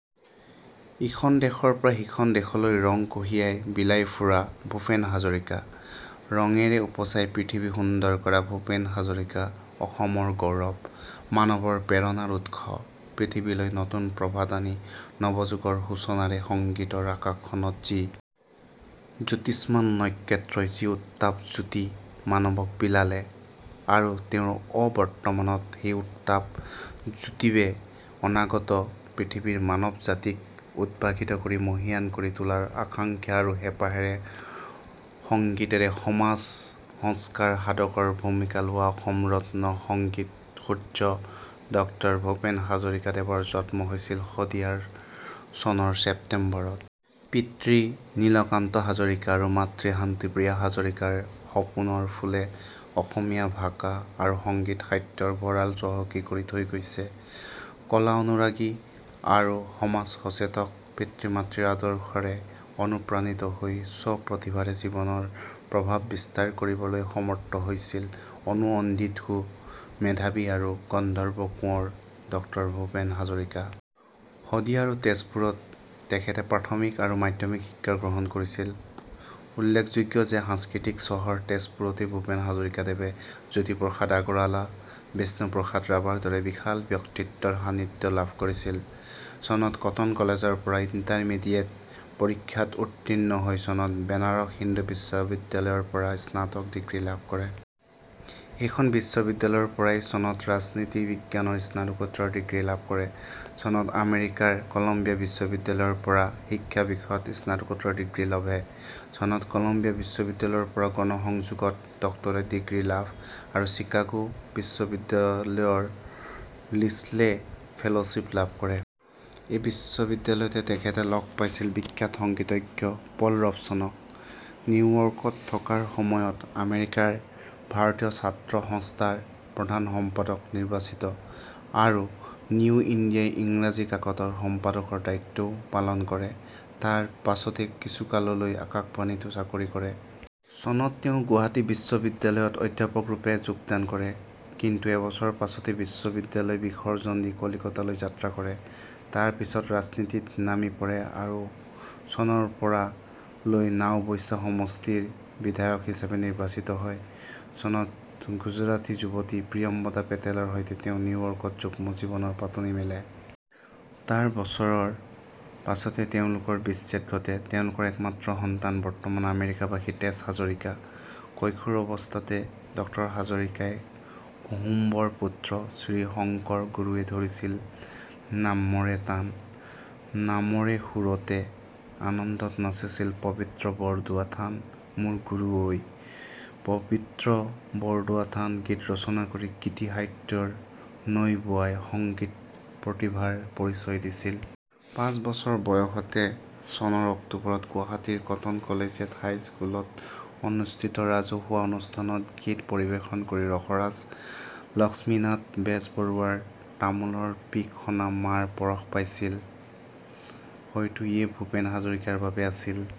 ইখন দেশৰ পৰা সিখন দেশলৈ ৰং কঢ়িয়াই, বিলাই ফুৰা ড ভূপেন হাজৰিকা। ৰঙেৰে উপচাই পৃথিৱী সুন্দৰ কৰা ভূপেন হাজৰিকা অসমৰ গৌৰৱ। মানৱৰ প্ৰেৰণাৰ উৎস। পৃথিৱীলৈ নতুন প্ৰভাত আনি নৱযুগৰ সূচনাৰে সংগীতৰ আকাশখনত যি জ্যোতিষ্মান নক্ষত্ৰই যি উত্তাপ-জ্যোতি মানৱক বিলালে আৰু তেওঁৰ অৱৰ্তমানত সেই উত্তাপ-জ্যোতিবে অনাগত পৃথিৱীৰ মানৱ জাতিক উদ্ভাসিত কৰি মহিয়ান কৰি তোলাৰ আকাংখ্যা আৰু হেঁপাহেৰে সংগীতেৰে সমাজ সংস্কাৰ সাধকৰ ভূমিকা লোৱা অসম ৰত্ন সংগীত সূৰ্য ড ভূপেন হাজৰিকাদেৱৰ জন্ম হৈছিল শদিয়াৰ চনৰ চেপ্তেম্বৰত। পিতৃ নীলকান্ত হাজৰিকা আৰু মাতৃ শান্তিপ্ৰিয়া হাজৰিকাৰ সপোনৰ ফুলে অসমীয়া ভাষা আৰু সংগীত সাহিত্যৰ ভঁড়াল চহকী কৰি থৈ গৈছে। কলা অনুৰাগী আৰু সমাজ সচেতক পিতৃ-মাতৃৰ আদৰ্শৰে অনুপ্ৰাণিত হৈ স্ব-প্ৰতিভাৰে জীৱনৰ প্ৰভাৱ বিস্তাৰ কৰিবলৈ সমৰ্থ হৈছিল অনুসন্ধিৎসু, মেধাৱী আৰু গন্ধৰ্ব কোঁৱৰ ড ভূপেন হাজৰিকা। শদিয়া আৰু তেজপুৰত তেখেতে প্ৰাথমিক আৰু মাধ্যমিক শিক্ষা গ্ৰহণ কৰিছিল। উল্লেখযোগ্য যে সাংস্কৃতিক চহৰ তেজপুৰতেই ভূপেন হাজৰিকাদেৱে জ্যোতিপ্ৰসাদ আগৰৱালা, বিষ্ণুপ্ৰসাদ ৰাভাৰ দৰে বিশাল ব্যক্তিত্বৰ সান্নিধ্য লাভ কৰিছিল। চনত কটন কলেজৰ পৰা ইণ্টাৰমিডিয়েট পৰীক্ষাত উত্তীৰ্ণ হৈ চনত বেনাৰস হিন্দু বিশ্ববিদ্যালয়ৰ পৰা স্নাতক ডিগ্ৰী লাভ কৰে। সেইখন বিশ্ববিদ্যালয়ৰ পৰাই চনত ৰাজনীতি বিজ্ঞানত স্নাতকোত্তৰ ডিগ্ৰী লাভ কৰে। চনত আমেৰিকাৰ কলম্বিয়া বিশ্ববিদ্যালয়ৰ পৰা শিক্ষা বিষয়ত স্নাতকোত্তৰ ডিগ্ৰী লভে! চনত কলম্বিয়া বিশ্ববিদ্যালয়ৰ পৰা গণসংযোগত ডক্টৰেট ডিগ্ৰী লাভ আৰু চিকাগো বিশ্ববিদ্যালয়ৰ লিছলে ফেল'শ্বিপ লাভ কৰে। এই বিশ্ববিদ্যালয়তে তেখেতে লগ পাইছিল বিখ্যাত সংগীতজ্ঞ 'পল ৰবচনক৷' নিউয়ৰ্কত থকাৰ সময়ত আমেৰিকাৰ ভাৰতীয় ছাত্ৰসস্থাৰ প্ৰধান সম্পাদক নিৰ্বাচিত আৰু নিউ ইণ্ডিয়া ইংৰাজী কাকতৰ সম্পাদকৰ দায়িত্বও পালন কৰে। তাৰ পাচতে কিছুকাললৈ আকাশবাণীতো চাকৰি কৰে। চনত তেওঁ গুৱাহাটী বিশ্ববিদ্যালত অধ্যাপকৰূপে যোগদান কৰে। কিন্তু এবছৰৰ পাচতেই বিশ্ববিদ্যালয় বিসৰ্জন দি কলিকতালৈ যাত্ৰা কৰে। তাৰ পিছত ৰাজনীতিত নামি পৰে আৰু চনৰ পৰা লৈ নাওবৈছা সমষ্টিৰ বিধায়ক হিচাপে নিৰ্বাচিত হয়। চনত গুজাৰটী যুৱতী প্ৰিয়ম্বদা পেটেলৰ সৈতে তেওঁ নিউয়ৰ্কত যুগ্ম জীৱনৰ পাতনি মেনে! তাৰ বছৰৰ পাছত তেওঁলোকৰ বিচ্ছেদ ঘটে। তেওঁলোকৰ একমাত্ৰ সন্তান বৰ্তমান আমেৰিকাবাসী তেজ হাজৰিকা। কৈশোৰ অৱস্থাতে ড হাজৰিকাই 'কুসুম্বৰ পুত্ৰ শ্ৰীশংকৰ গুৰুৱে ধৰিছিল নামৰে তান, নামৰে সুৰতে আনন্দত নাচিছিল পৱিত্ৰ বৰদোৱা থান মোৰ গুৰু ঐ, পৱিত্ৰ বৰদোৱা থান' গীত ৰচনা কৰি গীতি সাহিত্যৰ নৈ বোৱাই সংগীত প্ৰতিভাৰ পৰিচয় দিছিল। পাচ বছৰ বয়সতে চনৰ অক্টোবৰত গুৱাহাটীৰ কটন কলেজিয়েট হাইস্কুলত অনুষ্ঠিত ৰাজহুৱা অনুষ্ঠানত গীত পৰিৱেশন কৰি ৰসৰাজ লক্ষ্মীনাথ বেজবৰুৱাৰ তামোলৰ পিক সনা মাৰ পৰশ পাইছিল। হয়তো ইয়ে ভূপেন হাজৰিকাৰ বাবে আছিল